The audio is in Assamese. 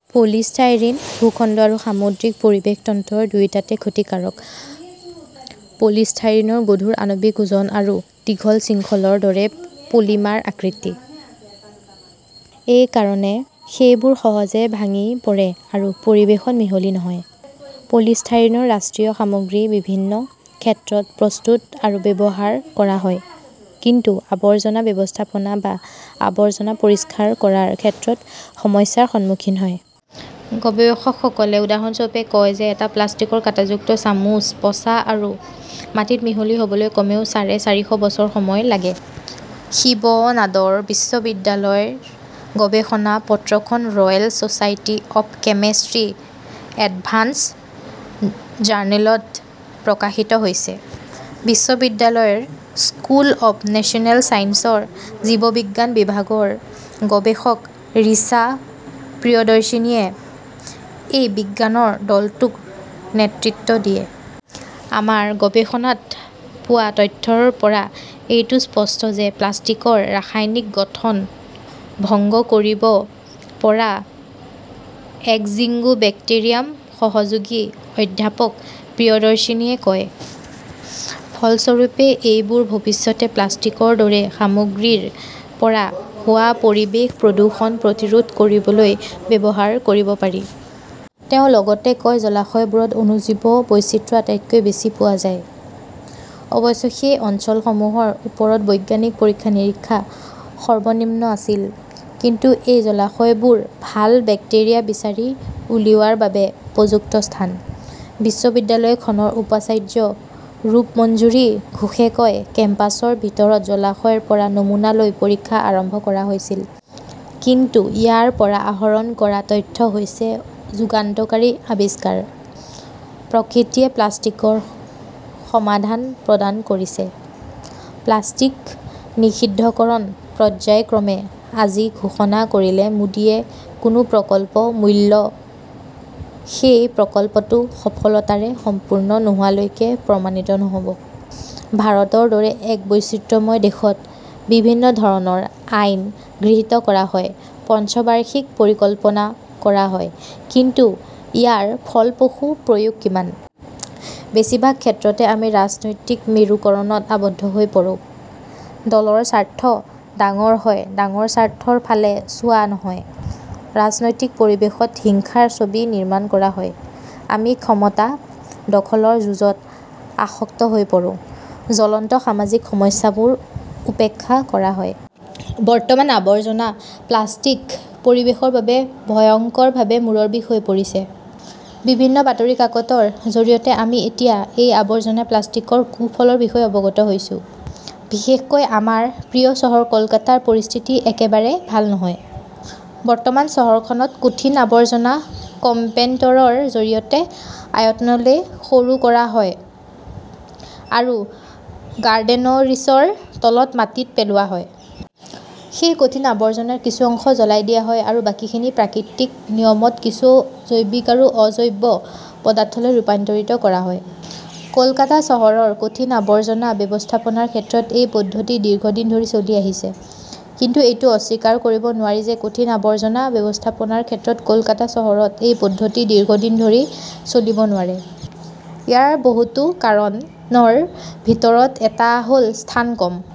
পলিষ্টাইৰিন ভূখণ্ড আৰু সামুদ্ৰিক পৰিৱেশ তন্ত্ৰ দুয়োটাতে ক্ষতিকাৰক। পলিষ্টাৰিনৰ গধুৰ আণৱিক ওজন আৰু দীঘল শৃংখলৰ দৰে পলিমাৰ আকৃতি। এই কাৰণে সেইবোৰ সহজে ভাঙি পৰে আৰু পৰিৱেশত মিহলি নহয়। পলিষ্টাইৰিনৰ ৰাষ্ট্ৰীয় সামগ্ৰী বিভিন্ন ক্ষেত্ৰত প্ৰস্তুত আৰু ব্যৱহাৰ কৰা হয়, কিন্তু আৱৰ্জনা ব্যৱস্থাপনা বা আৱৰ্জনা পৰিষ্কাৰ কৰাৰ ক্ষেত্ৰত সমস্যাৰ সন্মুখীন হয়। গৱেষকসকলে উদাহৰণস্বৰূপে কয় যে এটা প্লাষ্টিকৰ কাঁটাযুক্ত চামুচ পচা আৰু মাটিত মিহলি হ'বলৈ কমেও চাৰে চাৰিশ বছৰ সময় লাগে। শিৱ নাদৰ বিশ্ববিদ্যালয়ৰ গৱেষণা পত্ৰখন royal society of chemistry advances জাৰ্নেলত প্ৰকাশিত হৈছে। বিশ্ববিদ্যালয়ৰ স্কুল অৱ নেচাৰেল ছায়েন্সৰ জীৱবিজ্ঞান বিভাগৰ গৱেষক ৰিচা প্ৰিয়দৰ্শিনীয়ে এই বিজ্ঞানীৰ দলটোৰ নেতৃত্ব দিয়ে। আমাৰ গৱেষণাত পোৱা তথ্যৰ পৰা এইটো স্পষ্ট যে প্লাষ্টিকৰ ৰাসায়নিক গঠন ভংগ কৰিব পৰা এগজিগুবেক্টিয়াৰিয়াম, সহযোগী অধ্যাপক প্ৰিয়দৰ্শিনীয়ে কয়। ফলস্বৰূপে, এইবোৰ ভৱিষ্যতে প্লাষ্টিকৰ দৰে সামগ্ৰীৰ পৰা হোৱা পৰিৱেশ প্ৰদূষণ প্ৰতিৰোধ কৰিবলৈ ব্যৱহাৰ কৰিব পাৰি। তেওঁ লগতে কয়, জলাশয়বোৰত অণুজীৱ বৈচিত্ৰ্য আটাইতকৈ বেছি পোৱা যায়। অৱশ্যে সেই অঞ্চলসমূহৰ ওপৰত বৈজ্ঞানিক পৰীক্ষা-নিৰীক্ষা সৰ্বনিম্ন আছিল। কিন্তু এই জলাশয়বোৰ ভাল বেক্টেৰিয়া বিচাৰি উলিওৱাৰ বাবে উপযুক্ত স্থান। বিশ্ববিদ্যালয়খনৰ উপাচাৰ্য ৰূপমঞ্জৰী ঘোষে কয়, কেম্পাছৰ ভিতৰতে জলাশয়ৰ পৰা নমুনা লৈ পৰীক্ষা আৰম্ভ কৰা হৈছিল। কিন্তু ইয়াৰ পৰা আহৰণ কৰা তথ্য হৈছে যুগান্তকাৰী আৱিষ্কাৰ। প্ৰকৃতিয়ে প্লাষ্টিকৰ সমাধান প্ৰদান কৰিছে। প্লাষ্টিক নিষিদ্ধকৰণ পৰ্য্যায়ক্ৰমে, আজি ঘোষণা কৰিলে মোদীয়ে কোনো প্ৰকল্পৰ মূল্য সেই প্ৰকল্পটো সফলতাৰে সম্পূৰ্ণ নোহোৱালৈকে প্ৰমাণিত নহ'ব। ভাৰতৰ দৰে এক বৈচিত্ৰ্যময় দেশত বিভিন্ন ধৰণৰ আইন গৃহীত কৰা হয়, পঞ্চবাৰ্ষিক পৰিকল্পনা কৰা হয়, কিন্তু ইয়াৰ ফলপ্ৰসূ প্ৰয়োগ কিমান? বেছিভাগ ক্ষেত্ৰতে আমি ৰাজনৈতিক মেৰুকৰণত আবদ্ধ হৈ পৰোঁ। দলৰ স্বাৰ্থ ডাঙৰ হয়, ডাঙৰ স্বাৰ্থৰ ফালে চোৱা নহয়। ৰাজনৈতিক পৰিৱেশত হিংসাৰ ছবি নিৰ্মাণ কৰা হয়। আমি ক্ষমতা দখলৰ যুঁজত আসক্ত হৈ পৰোঁ। জ্বলন্ত সামাজিক সমস্যাবোৰ উপেক্ষা কৰা হয়। বৰ্তমান আৱৰ্জনা প্লাষ্টিক পৰিৱেশৰ বাবে ভয়ংকৰভাৱে মূৰৰ বিষ হৈ পৰিছে। বিভিন্ন বাতৰি কাকতৰ জৰিয়তে আমি এতিয়া এই আৱৰ্জনা প্লাষ্টিকৰ কুফলৰ বিষয়ে অৱগত হৈছো। বিশেষকৈ আমাৰ প্ৰিয় চহৰ কলকাতাৰ পৰিস্থিতি একেবাৰে ভাল নহয়। বৰ্তমান চহৰখনত কঠিন আৱৰ্জনা কম্পেক্টৰৰ জৰিয়তে আয়তনলৈ সৰু কৰা হয় আৰু গাৰ্ডেনৰিচৰ তলৰ মাটিত পেলোৱা হয়। সেই কঠিন আৱৰ্জনাৰ কিছু অংশ জ্বলাই দিয়া হয় আৰু বাকীখিনি প্ৰাকৃতিক নিয়মত কিছু জৈৱিক আৰু অজৈব পদাৰ্থলৈ ৰূপান্তৰিত কৰা হয়। কলকাতা চহৰৰ কঠিন আৱৰ্জনা ব্যৱস্থাপনাৰ ক্ষেত্ৰত এই পদ্ধতি দীৰ্ঘদিন ধৰি চলি আহিছে। কিন্তু এইটো অস্বীকাৰ কৰিব নোৱাৰি যে কঠিন আৱৰ্জনা ব্যৱস্থাপনাৰ ক্ষেত্ৰত কলকাতা চহৰত এই পদ্ধতি দীৰ্ঘদিন ধৰি চলিব নোৱাৰে। ইয়াৰ বহুতো কাৰণৰ ভিতৰত এটা হ ল স্থান কম।